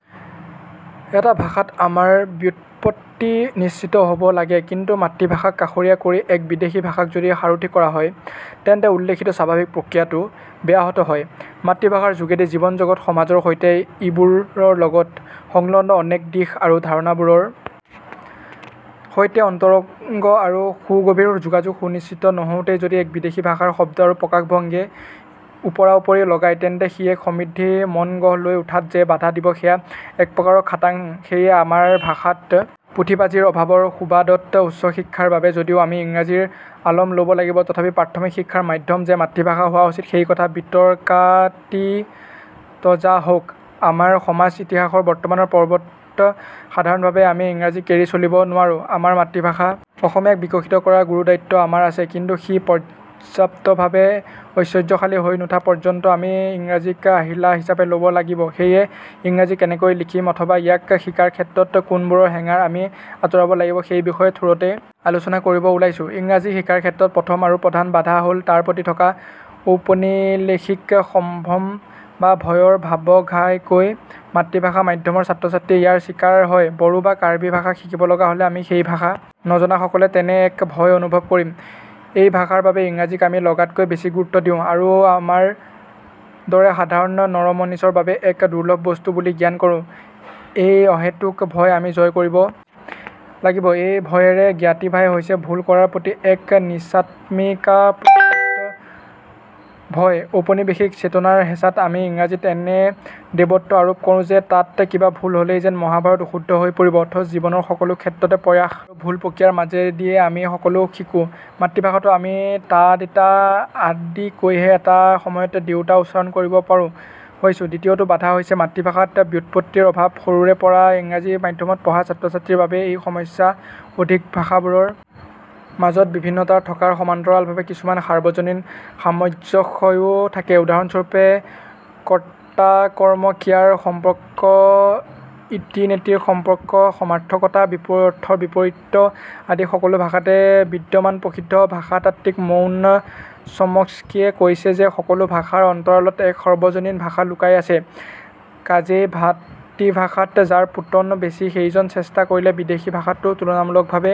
এটা ভাষাত আমাৰ ব্যুৎপত্তি নিশ্চিত হব লাগেকিন্তু মাতৃভাষাক কাষৰীয়া কৰি এক বিদেশী ভাষাক যদি সাৰথি কৰা হয় তেন্তে উল্লেখিত স্বাভাৱিক প্ৰক্ৰিয়াটো ব্যাহত হয়মাতৃভাষাৰ যোগেদি জীৱনজগতসমাজৰ সৈতে ইবোৰৰ লগত সংলগ্ন অনেক দিশ আৰু ধাৰণাবোৰৰ সৈতে অন্তৰংগ আৰু সুগভীৰ যোগাযোগ সুনিশ্চিত নৌ হওঁতেই যদি এক বিদেশী ভাষাৰ শব্দ আৰু প্ৰকাশভংগীয়ে ওপৰাউপৰি লগায় তেন্তে সি এক সমৃদ্ধ মন গঢ় লৈ উঠাত যে বাধা দিব সেয়া একপ্ৰকাৰ খাটাংসেয়ে আমাৰ ভাষাত পুথিপাঁজিৰ অভাৱৰ সুবাদত উচ্চশিক্ষাৰ বাবে যদিও আমি ইংৰাজীৰ আলম লব লাগিব তথাপি প্ৰাথমিক শিক্ষাৰ মাধ্যম যে মাতৃভাষা হোৱা উচিত সেইকথা বিতৰ্কাতীতযা হওক আমাৰ সমাজইতিহাসৰ বৰ্তমানৰ পৰ্বত সাধাৰণভাৱে আমি ইংৰাজীক এৰি চলিব নোৱাৰোঁআমাৰ মাতৃভাষা অসমীয়াক বিকশিত কৰাৰ গুৰুদায়িত্ব আমাৰ আছে কিন্তু সি পৰ্যাপ্তভাৱে ঐশ্বৰ্যশালী হৈ নুঠা পৰ্যন্ত আমি ইংৰাজীক আহিলা হিচাপে লবই লাগিবসেয়ে ইংৰাজী কেনেকৈ শিকিম অথবা ইয়াক শিকাৰ ক্ষেত্ৰত কোনবোৰ হেঙাৰ আমি আতৰাব লাগিব সেইবিষয়ে থোৰতে আলোচনা কৰিব ওলাইছোঁইংৰাজী শিকাৰ ক্ষেত্ৰত প্ৰথম আৰু প্ৰধান বাধা হল তাৰ প্ৰতি এক ঔপনিলেশিক সম্ভ্ৰম বা ভয়ৰ ভাৱঘাইকৈ মাতৃভাষা মাধ্যমৰ ছাত্ৰছাত্ৰী ইয়াৰ চিকাৰ হয়বড়ো বা কাৰ্বি ভাষা শিকিব লগা হলে আমি সেই ভাষা নজনা সকলে নিশ্চয় তেনে এক ভয় অনুভৱ নকৰিমএই ভয়ৰ বাবে ইংৰাজীক আমি লগাতকৈ বেছি গুৰুত্ব দিওঁ আৰু আমাৰ দৰে সাধাৰণ নৰমনিচৰ বাবে এক দুৰ্লভ বস্তু বুলি জ্ঞান কৰোঁএই অহেতুক ভয় আমি জয় কৰিব লাগিবএই ভয়ৰে জ্ঞাতিভাই হৈছে ভুল কৰাৰ প্ৰতি এক নীচাত্মিকাপ্ৰসূত ভয়ঔপনিৱেশিক চেতনাৰ হেঁচাত আমি ইংৰাজীত এনে দেৱত্ব আৰোপ কৰোঁ যে তাত কিবা ভুল হলেই যেন মহাভাৰত অশুদ্ধ হৈ পৰিব অথচ জীৱনৰ সকলো ক্ষেত্ৰতে প্ৰয়াস আৰু ভুল প্ৰক্ৰিয়াৰ মাজেদিয়ে আমি সকলো শিকোঁমাতৃভাষাতো আমি তা দেতা আদি কৈহে এটা সময়ত দেউতা উচ্চাৰণ কৰিব পৰা হৈছোঁদ্বিতীয়টো বাধা হৈছে মাতৃভাষাত ব্যুৎপত্তিৰ অভাৱসৰুৰে পৰা ইংৰাজী মাধ্যমত পঢ়া ছাত্ৰছাত্ৰীৰ বাবে এই সমস্যা অধিকভাষাবোৰৰ মাজত বিভিন্নতা থকাৰ সমান্তৰালভাৱে কিছুমান সাৰ্বজনীন সামঞ্জস্যও থাকেউদাহৰণস্বৰূপে কৰ্তাকৰ্মক্ৰিয়াৰ সম্পৰ্ক ইতিনেতিৰ সম্পৰ্ক সমাৰ্থকতা অৰ্থৰ বৈপৰীত্য আদি সকলো ভাষাতে বিদ্যমানপ্ৰসিদ্ধ ভাষাতাত্ত্বিক নৌম চমস্কিয়ে কৈছে যে সকলো ভাষাৰ অন্তৰালত এক সৰ্বজনীন ভাষা লুকাই আছেকাজেই মাতৃভাষাত যাৰ পোতন বেছি সেইজনে চেষ্টা কৰিলে বিদেশী ভাষাতো তুলনামূলকভাৱে